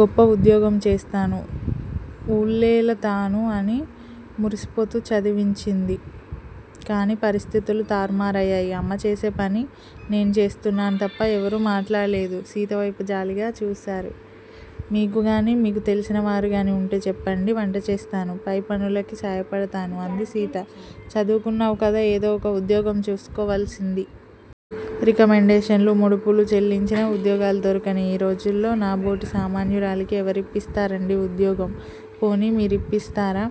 గొప్ప ఉద్యోగం చేస్తాను. ఊళ్ళేలతాను అని మురిసిపోతూ చదివించింది. కాని పరిస్థితులు తారుమారయ్యాయి. అమ్మచేసేపని నేను చేస్తున్నాను తప్పా? ఎవరూ మాట్లాడలేదు. సీతవైపు జాలిగా చూసారు. మీకుగాని, మీకు తెలిసినవారుగాని వుంటే చెప్పండి. వంట చేస్తాను. వైపనులకి సాయపదతాను. అంది సీత. చదువుకున్నావుకదా, ఏదో ఒక ఉద్యోగం చూసుకావాల్సింది. రికమండేషన్లు, ముడుపులు చెల్లించినా ఉద్యోగాలు దొరకని ఈ రోజుల్లో నాబోటి సామన్యురాలికి ఎవరిప్పిస్తారండీ ఉద్యోగం? పోనీ మీ రిప్పిస్తారా?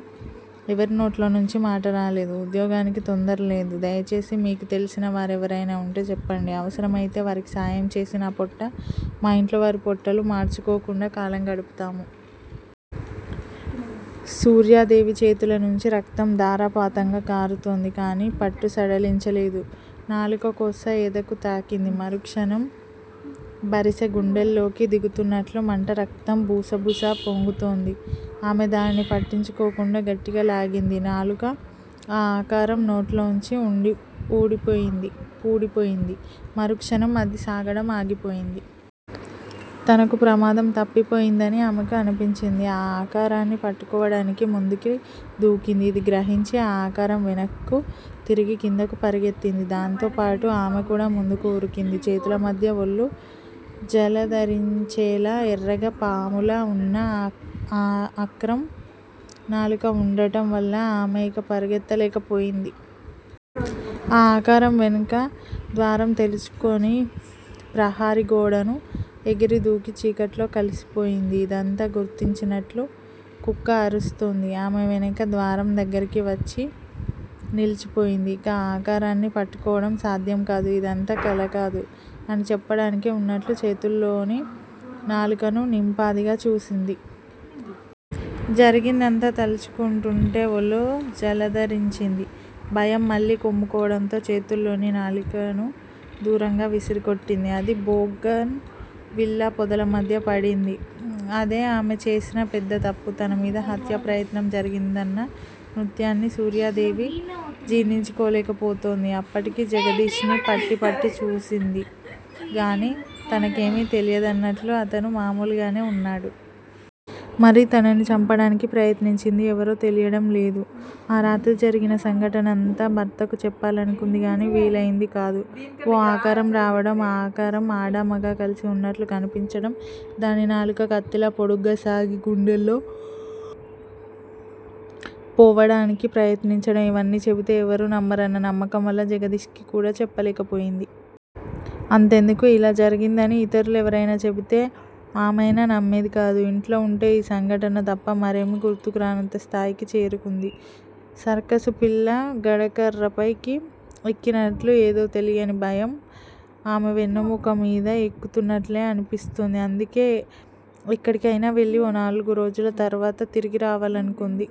ఎవరినోట్లోంచి మాట రాలేదు. ఉద్యోగానికి తొందరలేదు. దయచేసి మీకు తెలిసినవారెవరయినా వుంటే చెప్పండి. అవసరమయితే వారికి సాయంచేసి నాపోట్ట, మా ఇంట్లో వారి పొట్టలు, మాడ్చుకోకుండా కాలం గడుపుతాము. సూర్యాదేవి చేతుల నుంచి రక్తం ధారాపాతంగా కారుతోంది. కానీ పట్టు సడలించలేదు. నాలుక కొస ఎదకు తాకింది. మరుక్షణం బరిసె గుండెల్లోకి దిగుతున్నట్లు మంట రక్తం బుసబుసా పొంగుతోంది. ఆమె దానిని పట్టించుకోకుండా గట్టిగా లాగింది. నాలుక ఆ ఆకారం నోట్లోంచి పూడిపోయింది. మరుక్షణం అది సాగడం ఆగిపోయింది. తనకు ప్రమాదం తప్పిపోయిందని ఆమెకి అనిపించింది. ఆ ఆకారాన్ని పట్టుకోవడానికి ముందుకి దూకింది. ఇది గ్రహించి ఆ ఆకారం వెనక్కు తిరిగి కిందకు పరుగెత్తింది. దాంతో పాటు ఆమె కూడా ముందుకు వురికింది. చేతులమధ్య ఒళ్ళు జలదరించేలా ఎర్రగా, పాములా వున్న ఆ ఆక్రం నాలుక వుండడం వల్ల ఆమె ఇక పరుగెత్తలేక పోయింది. ఆ ఆకారం వెనక ద్వారం తెరుచుకుని ప్రహరీ గోడను ఎగిరి దూకి చీకట్లో కలిసిపోయింది. ఇదంతా గుర్తించినట్లు కుక్క అరుస్తుంది. ఆమె వెనక ద్వారం దగ్గరికి వచ్చి నిలిచిపోయింది. ఇక ఆ ఆకారాన్ని పట్టుకోవడం సాధ్యం కాదు. ఇదంతా కలకాదు అని చెప్పడానికే వున్నట్లు చేతుల్లోని నాలుకను నింపాదిగా చూసింది. జరిగిందంతా తలుచుకుంటుంటే ఒళ్ళు జలదరించింది. భయం మళ్ళీ కమ్ముకోవడంతో చేతుల్లోని నాలుకను దూరంగా విరిసికొట్టింది. అది బోగన్ విల్లా పొదల మధ్య పడింది. అదే ఆమె చేసిన పెద్ద తప్పు. తనమీద హత్యాప్రయత్నం జరిగిందన్న సత్యాన్ని సూర్యాదేవి జీర్ణించుకోలేక పోతోంది. అప్పటికీ జగదీష్ ని పట్టి పట్టి చూసిందిగానీ తనకేమీ తెలియదన్నట్లు అతను మామూలుగానే వున్నాడు. మరి తనను చంపడానికి ప్రయత్నించింది ఎవరో తెలియడం లేదు. ఆ రాత్రి జరిగిన సంఘటనంతా భర్తకు చెప్పాలనుకుంది గానీ వీలయింది కాదు. ఓ ఆకారం రావడం, ఆ ఆకారం ఆడా మగా కలిసి వున్నట్లు కనిపించడం, దాని నాలుక కత్తిలా పొడుగ్గా సాగి, గుండెల్లో పొడవడానికి ప్రయత్నించడం- ఇవన్నీ చెబితే ఎవరూ నమ్మరన్న నమ్మకంవల్ల జగదీష్ కి కూడా చెప్పలేకపోయింది. అంతెందుకు- ఇలా జరిగిందని ఇతరులెవరైనా చెబితే ఆమైనా నమ్మేది కాదు. ఇంట్లో వుంటే యీ సంఘటన తప్ప మరేమీ గుర్తుకు రానంత స్థాయికి చేరుకుంది. సర్కసు పిల్ల గడకర్రపైకి ఎక్కినట్లు ఏదో తెలియని భయం ఆమె వెన్నెముక మీద ఎక్కుతున్నట్లే అనిపిస్తుంది. అందుకే ఎక్కడికైనా వెళ్ళి ఓ నాలుగురోజుల తరువాత తిరిగి రావాలనుకుంది.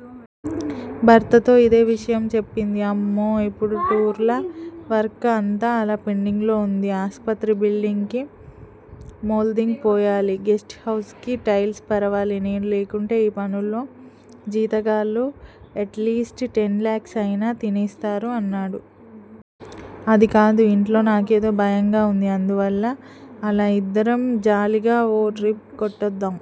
భర్తతో ఇదే విషయం చెప్పింది. అమ్మో! ఇప్పుడు టూర్ లా! వర్క్ అంతా అలా పెండింగ్ లో వుంది. ఆస్పత్రి బిల్డింగ్ కి మోల్దింగ్ పోయాలి, గెస్ట్ హౌస్ కి టైల్స్ పరవాలి. నేను లేకుంటే ఈ పనుల్లో జీతగాళ్ళు ఎట్ లీస్ట్ టెన్ లాక్స్ అయినా తినేస్తారు అన్నాడు. అది కాదు! ఇంట్లో నాకేదో భయంగా వుంది. అందువల్ల అలా ఇద్దరం జాలీగా ఓ ట్రిప్ కొట్టొద్దాం